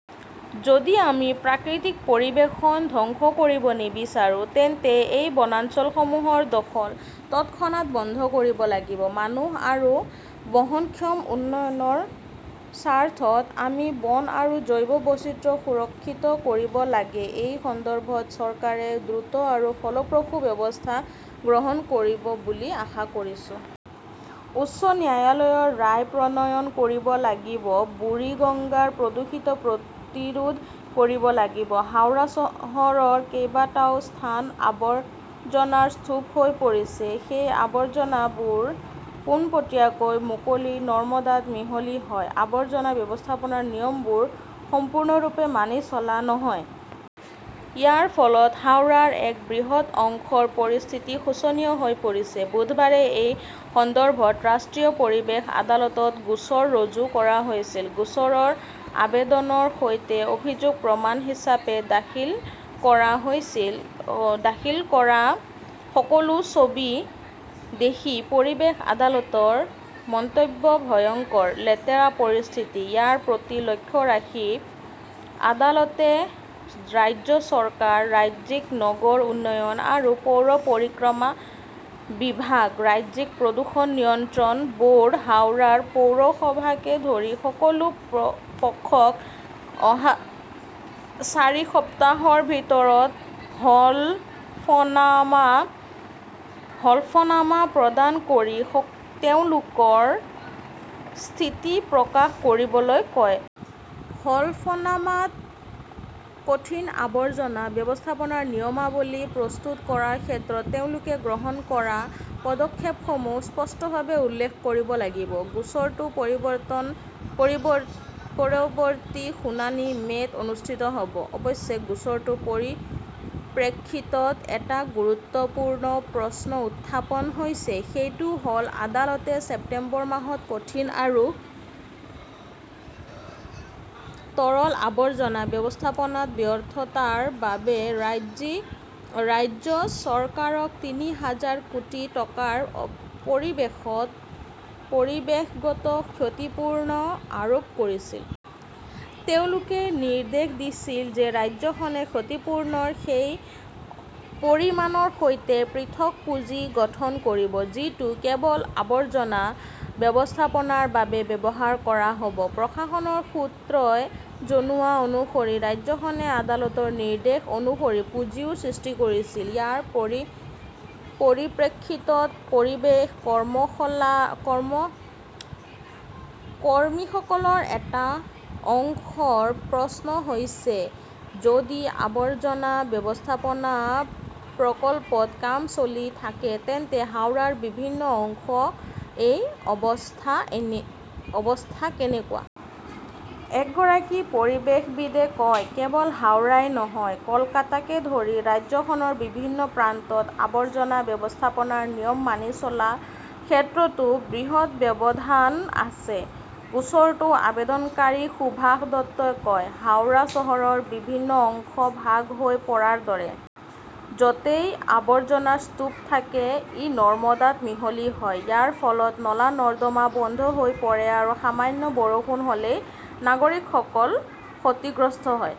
যদি আমি প্ৰাকৃতিক পৰিৱেশ ধ্বংস কৰিব নিবিচাৰো, তেন্তে এই বনাঞ্চলসমূহৰ দখল তৎক্ষণাত বন্ধ কৰিব লাগিব। মানুহ আৰু বহনক্ষম উন্নয়নৰ স্বাৰ্থত আমি বন আৰু জৈৱ বৈচিত্ৰ্য সুৰক্ষিত কৰিব লাগিব। এই সন্দৰ্ভত চৰকাৰে দ্ৰুত আৰু ফলপ্ৰসূ ব্যৱস্থা গ্ৰহণ কৰিব বুলি আশা কৰিছোঁ। উচ্চ ন্যায়ালয়ৰ ৰায় প্ৰণয়ন কৰিব লাগিব বুৰিগঙ্গাৰ প্ৰদূষণ প্ৰতিৰোধ কৰিব লাগিব হাওৰা চহৰৰ কেইবাটাও স্থান আবৰ্জনাৰ স্তূপ হৈ পৰিছে। সেই আৱৰ্জনাবোৰ পোনপটীয়াকৈ মুকলি নৰ্দমাত মিহলি হয়। আৱৰ্জনা ব্যৱস্থাপনাৰ নিয়মবোৰ সম্পূৰ্ণৰূপে মানি চলা নহয়। ইয়াৰ ফলত হাওৰাৰ এক বৃহৎ অংশৰ পৰিস্থিতি শোচনীয় হৈ পৰিছে। বুধবাৰে এই সন্দৰ্ভত ৰাষ্ট্ৰীয় পৰিৱেশ আদালতত গোচৰ ৰুজু কৰা হৈছিল। গোচৰৰ আবেদনৰ সৈতে অভিযোগৰ প্ৰমাণ হিচাপে দাখিল কৰা সকলো ছবি দেখি পৰিৱেশ আদালতৰ মন্তব্যত ভয়ংকৰ, লেতেৰা পৰিস্থিতি, ইয়াৰ প্ৰতি লক্ষ্য ৰাখি আদালতে ৰাজ্য চৰকাৰ, ৰাজ্যিক নগৰ উন্নয়ন আৰু পৌৰ পৰিক্ৰমা বিভাগ, ৰাজ্যিক প্ৰদূষণ নিয়ন্ত্ৰণ ব'ৰ্ড, হাওৰা পৌৰসভাকে ধৰি সকলো পক্ষক অহা চাৰি সপ্তাহৰ ভিতৰত হলফনামা প্ৰদান কৰি তেওঁলোকৰ স্থিতি প্ৰকাশ কৰিবলৈ কয়। হলফনামাত কঠিন আৱৰ্জনা ব্যৱস্থাপনা নিয়মাৱলী প্ৰস্তুত কৰাৰ ক্ষেত্ৰত তেওঁলোকে গ্ৰহণ কৰা পদক্ষেপসমূহ স্পষ্টভাৱে উল্লেখ কৰিব লাগিব। গোচৰটোৰ পৰৱৰ্তী শুনানি মে 'ত অনুষ্ঠিত হ'ব। অৱশ্যে, গোচৰটোৰ পৰিপ্ৰেক্ষিতত এটা গুৰুত্বপূৰ্ণ প্ৰশ্ন উত্থাপন হৈছে। সেইটো হ 'ল, আদালতে ছেপ্টেম্বৰ মাহত কঠিন আৰু তৰল আৱৰ্জনা ব্যৱস্থাপনাত ব্যৰ্থতাৰ বাবে ৰাজ্য চৰকাৰক তিনি হাজাৰ কোটি টকাৰ পৰিৱেশগত ক্ষতিপূৰণ আৰোপ কৰিছিল। তেওঁলোকে নিৰ্দেশ দিছিল যে ৰাজ্যখনে ক্ষতিপূৰণৰ সেই পৰিমাণৰ সৈতে পৃথক পুঁজি গঠন কৰিব। যিটো কেৱল আৱৰ্জনা ব্যৱস্থাপনাৰ বাবে ব্যৱহাৰ কৰা হ'ব। প্ৰশাসনৰ সূত্ৰই জনোৱা অনুসৰি ৰাজ্যখনে আদালতৰ নিৰ্দেশ অনুসৰি পুঁজিও সৃষ্টি কৰিছিল। ইয়াৰ পৰিপ্ৰেক্ষিতত, পৰিৱেশ কৰ্মীসকলৰ এটা অংশৰ প্ৰশ্ন হৈছে, যদি আৱৰ্জনা ব্যৱস্থাপনা প্ৰকল্পত কাম চলি থাকে, তেন্তে হাওৰাৰ বিভিন্ন অংশৰ এই অৱস্থা কেনেকুৱা? এগৰাকী পৰিৱেশবিদে কয়, "কেৱল হাওৰাই নহয়, কলকাতাকে ধৰি ৰাজ্যখনৰ বিভিন্ন প্ৰান্তত আৱৰ্জনা ব্যৱস্থাপনাৰ নিয়ম মানি চলাৰ ক্ষেত্ৰতো বৃহৎ ব্যৱধান আছে।" গোচৰটোৰ আবেদনকাৰী সুভাষ দত্তই কয়, "হাওৰা চহৰৰ বিভিন্ন অংশ ভাগ হৈ পৰাৰ দৰে। য 'তেই আবৰ্জনাৰ স্তূপ থাকে, ই নৰ্দমাত মিহলি হয়। ইয়াৰ ফলত নলা-নৰ্দমা বন্ধ হৈ পৰে আৰু সামান্য বৰষুণ হ'লেও নাগৰিকসকল ক্ষতিগ্ৰস্ত হয়।"